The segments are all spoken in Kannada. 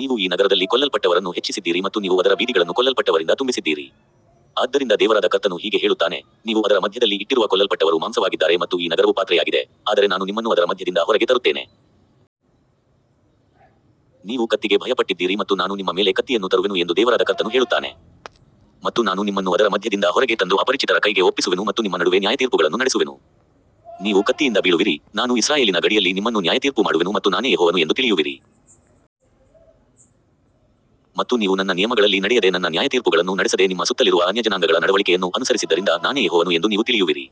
ನೀವು ಈ ನಗರದಲ್ಲಿ ಕೊಲ್ಲಲ್ಪಟ್ಟವರನ್ನು ಹೆಚ್ಚಿಸಿದ್ದೀರಿ ಮತ್ತು ನೀವು ಅದರ ಬೀದಿಗಳನ್ನು ಕೊಲ್ಲಲ್ಪಟ್ಟವರಿಂದ ತುಂಬಿಸಿದ್ದೀರಿ. ಆದ್ದರಿಂದ ದೇವರಾದ ಕರ್ತನು ಹೀಗೆ ಹೇಳುತ್ತಾನೆ, ನೀವು ಅದರ ಮಧ್ಯದಲ್ಲಿ ಇಟ್ಟಿರುವ ಕೊಲ್ಲಲ್ಪಟ್ಟವರು ಮಾಂಸವಾಗಿದ್ದಾರೆ ಮತ್ತು ಈ ನಗರವು ಪಾತ್ರೆಯಾಗಿದೆ, ಆದರೆ ನಾನು ನಿಮ್ಮನ್ನು ಅದರ ಮಧ್ಯದಿಂದ ಹೊರಗೆ ತರುತ್ತೇನೆ. ನೀವು ಕತ್ತಿಗೆ ಭಯಪಟ್ಟಿದ್ದೀರಿ ಮತ್ತು ನಾನು ನಿಮ್ಮ ಮೇಲೆ ಕತ್ತಿಯನ್ನು ತರುವೆನು ಎಂದು ದೇವರಾದ ಕರ್ತನು ಹೇಳುತ್ತಾನೆ. ಮತ್ತು ನಾನು ನಿಮ್ಮನ್ನು ಅದರ ಮಧ್ಯದಿಂದ ಹೊರಗೆ ತಂದು ಅಪರಿಚಿತರ ಕೈಗೆ ಒಪ್ಪಿಸುವೆನು ಮತ್ತು ನಿಮ್ಮ ನಡುವೆ ನ್ಯಾಯತೀರ್ಪುಗಳನ್ನು ನಡೆಸುವೆನು. ನೀವು ಕತ್ತಿಯಿಂದ ಬೀಳುವಿರಿ, ನಾನು ಇಸ್ರಾಯೇಲಿನ ಗಡಿಯಲ್ಲಿ ನಿಮ್ಮನ್ನು ನ್ಯಾಯತೀರ್ಪು ಮಾಡುವೆನು ಮತ್ತು ನಾನೇ ಯೆಹೋವನು ಎಂದು ತಿಳಿಯುವಿರಿ. ಮತ್ತು ನೀವು ನನ್ನ ನಿಯಮಗಳಲ್ಲಿ ನಡೆಯದೆ ನನ್ನ ನ್ಯಾಯತೀರ್ಪುಗಳನ್ನು ನಡೆಸದೆ ನಿಮ್ಮ ಸುತ್ತಲಿರುವ ಅನ್ಯಜನಾಂಗಗಳ ನಡವಳಿಕೆಯನ್ನು ಅನುಸರಿಸಿದ್ದರಿಂದ ನಾನೇ ಯೆಹೋವನು ಎಂದು ನೀವು ತಿಳಿಯುವಿರಿ.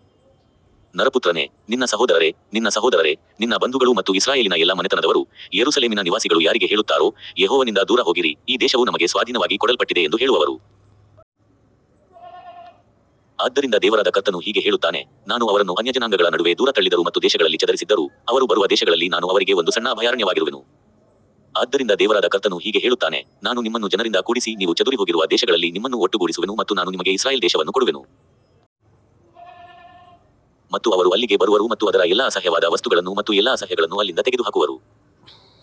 ನರಪುತ್ರನೇ, ನಿನ್ನ ಸಹೋದರರೇ, ನಿನ್ನ ಸಹೋದರರೇ, ನಿನ್ನ ಬಂಧುಗಳು ಮತ್ತು ಇಸ್ರಾಯೇಲಿನ ಎಲ್ಲಾ ಮನೆತನದವರೂ, ಯೆರೂಸಲೇಮಿನ ನಿವಾಸಿಗಳು ಯಾರಿಗೆ ಹೇಳುತ್ತಾರೋ, ಯೆಹೋವನಿಂದ ದೂರ ಹೋಗಿರಿ, ಈ ದೇಶವು ನಮಗೆ ಸ್ವಾಧೀನವಾಗಿ ಕೊಡಲ್ಪಟ್ಟಿದೆ ಎಂದು ಹೇಳುವವರು. ಆದ್ದರಿಂದ ದೇವರಾದ ಕರ್ತನು ಹೀಗೆ ಹೇಳುತ್ತಾನೆ, ನಾನು ಅವರನ್ನು ಅನ್ಯಜನಾಂಗಗಳ ನಡುವೆ ದೂರ ತಳ್ಳಿದರೂ ಮತ್ತು ದೇಶಗಳಲ್ಲಿ ಚದರಿಸಿದ್ದರೂ, ಅವರು ಬರುವ ದೇಶಗಳಲ್ಲಿ ನಾನು ಅವರಿಗೆ ಒಂದು ಸಣ್ಣ ಅಭಯಾರಣ್ಯವಾಗಿರುವೆನು. ಆದ್ದರಿಂದ ದೇವರಾದ ಕರ್ತನು ಹೀಗೆ ಹೇಳುತ್ತಾನೆ, ನಾನು ನಿಮ್ಮನ್ನು ಜನರಿಂದ ಕೂಡಿಸಿ ನೀವು ಚದುರಿಹೋಗಿರುವ ದೇಶಗಳಲ್ಲಿ ನಿಮ್ಮನ್ನು ಒಟ್ಟುಗೂಡಿಸುವೆನು ಮತ್ತು ನಾನು ನಿಮಗೆ ಇಸ್ರಾಯೇಲ್ ದೇಶವನ್ನು ಕೊಡುವೆನು. ಮತ್ತು ಅವರು ಅಲ್ಲಿಗೆ ಬರುವರು ಮತ್ತು ಅದರ ಎಲ್ಲಾ ಅಸಹ್ಯವಾದ ವಸ್ತುಗಳನ್ನು ಮತ್ತು ಎಲ್ಲಾ ಅಸಹ್ಯಗಳನ್ನು ಅಲ್ಲಿಂದ ತೆಗೆದುಹಾಕುವರು.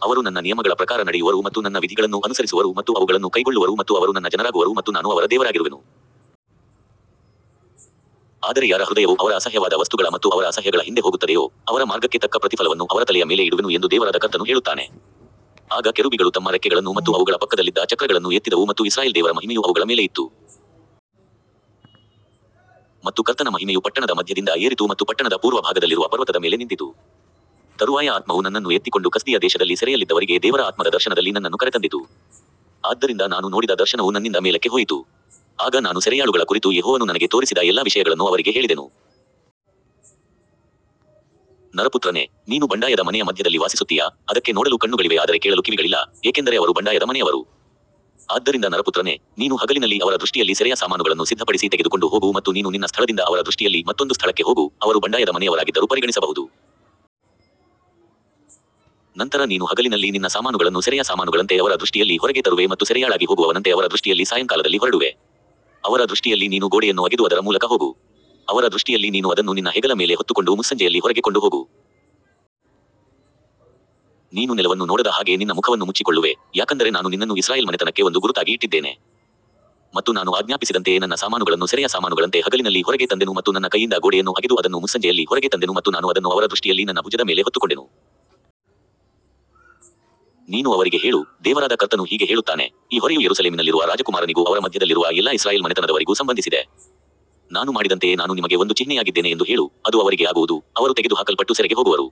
ಅವರು ನನ್ನ ನಿಯಮಗಳ ಪ್ರಕಾರ ನಡೆಯುವರು ಮತ್ತು ನನ್ನ ವಿಧಿಗಳನ್ನು ಅನುಸರಿಸುವರು ಮತ್ತು ಅವುಗಳನ್ನು ಕೈಗೊಳ್ಳುವರು ಮತ್ತು ಅವರು ನನ್ನ ಜನರಾಗುವರು ಮತ್ತು ನಾನು ಅವರ ದೇವರಾಗಿರುವೆನು. ಆದರೆ ಯಾರ ಹೃದಯವು ಅವರ ಅಸಹ್ಯವಾದ ವಸ್ತುಗಳ ಮತ್ತು ಅವರ ಅಸಹ್ಯಗಳ ಹಿಂದೆ ಹೋಗುತ್ತದೆಯೋ, ಅವರ ಮಾರ್ಗಕ್ಕೆ ತಕ್ಕ ಪ್ರತಿಫಲವನ್ನು ಅವರ ತಲೆಯ ಮೇಲೆ ಇಡುವೆನು ಎಂದು ದೇವರಾದ ಕರ್ತನು ಹೇಳುತ್ತಾನೆ. ಆಗ ಕೆರೂಬಿಗಳು ತಮ್ಮ ರೆಕ್ಕೆಗಳನ್ನು ಮತ್ತು ಅವುಗಳ ಪಕ್ಕದಲ್ಲಿದ್ದ ಚಕ್ರಗಳನ್ನು ಎತ್ತಿದವು ಮತ್ತು ಇಸ್ರಾಯೇಲ್ ದೇವರ ಮಹಿಮೆಯು ಅವುಗಳ ಮೇಲೆ ಇತ್ತು. ಮತ್ತು ಕರ್ತನ ಮಹಿಮೆಯು ಪಟ್ಟಣದ ಮಧ್ಯದಿಂದ ಏರಿತು ಮತ್ತು ಪಟ್ಟಣದ ಪೂರ್ವ ಭಾಗದಲ್ಲಿರುವ ಪರ್ವತದ ಮೇಲೆ ನಿಂತಿತು. ತರುವಾಯ ಆತ್ಮವು ನನ್ನನ್ನು ಎತ್ತಿಕೊಂಡು ಕಸ್ದೀಯ ದೇಶದಲ್ಲಿ ಸೆರೆಯಲ್ಲಿದ್ದವರಿಗೆ ದೇವರ ಆತ್ಮದ ದರ್ಶನದಲ್ಲಿ ನನ್ನನ್ನು ಕರೆತಂದಿತು. ಆದ್ದರಿಂದ ನಾನು ನೋಡಿದ ದರ್ಶನವು ನನ್ನಿಂದ ಮೇಲಕ್ಕೆ ಹೋಯಿತು. ಆಗ ನಾನು ಸೆರೆಯಾಳುಗಳ ಕುರಿತು ಯೆಹೋವನು ನನಗೆ ತೋರಿಸಿದ ಎಲ್ಲಾ ವಿಷಯಗಳನ್ನು ಅವರಿಗೆ ಹೇಳಿದೆನು. ನರಪುತ್ರನೇ, ನೀನು ಬಂಡಾಯದ ಮನೆಯ ಮಧ್ಯದಲ್ಲಿ ವಾಸಿಸುತ್ತೀಯಾ, ಅದಕ್ಕೆ ನೋಡಲು ಕಣ್ಣುಗಳಿವೆ ಆದರೆ ಕೇಳಲು ಕಿವಿಗಳಿಲ್ಲ, ಏಕೆಂದರೆ ಅವರು ಬಂಡಾಯದ ಮನೆಯವರು. ಆದ್ದರಿಂದ ನರಪುತ್ರನೇ, ನೀನು ಹಗಲಿನಲ್ಲಿ ಅವರ ದೃಷ್ಟಿಯಲ್ಲಿ ಸೆರೆಯ ಸಾಮಾನುಗಳನ್ನು ಸಿದ್ಧಪಡಿಸಿ ತೆಗೆದುಕೊಂಡು ಹೋಗು ಮತ್ತು ನೀನು ನಿನ್ನ ಸ್ಥಳದಿಂದ ಅವರ ದೃಷ್ಟಿಯಲ್ಲಿ ಮತ್ತೊಂದು ಸ್ಥಳಕ್ಕೆ ಹೋಗು, ಅವರು ಬಂಡಾಯದ ಮನೆಯವರಾಗಿದ್ದರೂ ಪರಿಗಣಿಸಬಹುದು. ನಂತರ ನೀನು ಹಗಲಿನಲ್ಲಿ ನಿನ್ನ ಸಾಮಾನುಗಳನ್ನು ಸೆರೆಯ ಸಾಮಾನುಗಳಂತೆ ಅವರ ದೃಷ್ಟಿಯಲ್ಲಿ ಹೊರಗೆ ತರುವೆ ಮತ್ತು ಸೆರೆಯಾಳಾಗಿ ಹೋಗುವವನಂತೆ ಅವರ ದೃಷ್ಟಿಯಲ್ಲಿ ಸಾಯಂಕಾಲದಲ್ಲಿ ಹೊರಡುವೆ. ಅವರ ದೃಷ್ಟಿಯಲ್ಲಿ ನೀನು ಗೋಡೆಯನ್ನು ಅಗೆದು ಅದರ ಮೂಲಕ ಹೋಗು. ಅವರ ದೃಷ್ಟಿಯಲ್ಲಿ ನೀನು ಅದನ್ನು ನಿನ್ನ ಹೆಗಲ ಮೇಲೆ ಹೊತ್ತುಕೊಂಡು ಮುಸ್ಸಂಜೆಯಲ್ಲಿ ಹೊರಗೆ ಕೊಂಡು ಹೋಗು. ನೀನು ನೆಲವನ್ನು ನೋಡದ ಹಾಗೆ ನಿನ್ನ ಮುಖವನ್ನು ಮುಚ್ಚಿಕೊಳ್ಳುವೆ, ಯಾಕಂದರೆ ನಾನು ನಿನ್ನನ್ನು ಇಸ್ರಾಯೇಲ್ ಮನೆತನಕ್ಕೆ ಒಂದು ಗುರುತಾಗಿ ಇಟ್ಟಿದ್ದೇನೆ. ಮತ್ತು ನಾನು ಆಜ್ಞಾಪಿಸಿದಂತೆಯೇ ನನ್ನ ಸಾಮಾನುಗಳನ್ನು ಸೆರೆಯ ಸಾಮಾನುಗಳಂತೆ ಹಗಲಿನಲ್ಲಿ ಹೊರಗೆ ತಂದೆನು ಮತ್ತು ನನ್ನ ಕೈಯಿಂದ ಗೋಡೆಯನ್ನು ಅಗೆದು ಅದನ್ನು ಮುಸ್ಸಂಜೆಯಲ್ಲಿ ಹೊರಗೆ ತಂದೆನು ಮತ್ತು ನಾನು ಅದನ್ನು ಅವರ ದೃಷ್ಟಿಯಲ್ಲಿ ನನ್ನ ಭುಜದ ಮೇಲೆ ಹೊತ್ತುಕೊಂಡೆನು. ನೀನು ಅವರಿಗೆ ಹೇಳು, ದೇವರಾದ ಕರ್ತನು ಹೀಗೆ ಹೇಳುತ್ತಾನೆ, ಈ ಹೊರೆಯು ಯೆರೂಸಲೇಮಿನಲ್ಲಿರುವ ರಾಜಕುಮಾರನಿಗೂ ಅವರ ಮಧ್ಯದಲ್ಲಿರುವ ಎಲ್ಲಾ ಇಸ್ರಾಯೇಲ್ ಮನೆತನದವರಿಗೂ ಸಂಬಂಧಿಸಿದೆ. ನಾನು ಮಾಡಿದಂತೆಯೇ ನಾನು ನಿಮಗೆ ಒಂದು ಚಿಹ್ನೆಯಾಗಿದ್ದೇನೆ ಎಂದು ಹೇಳು, ಅದು ಅವರಿಗೆ ಆಗುವುದು, ಅವರು ತೆಗೆದುಹಾಕಲ್ಪಟ್ಟು ಸೆರೆಗೆ ಹೋಗುವರು.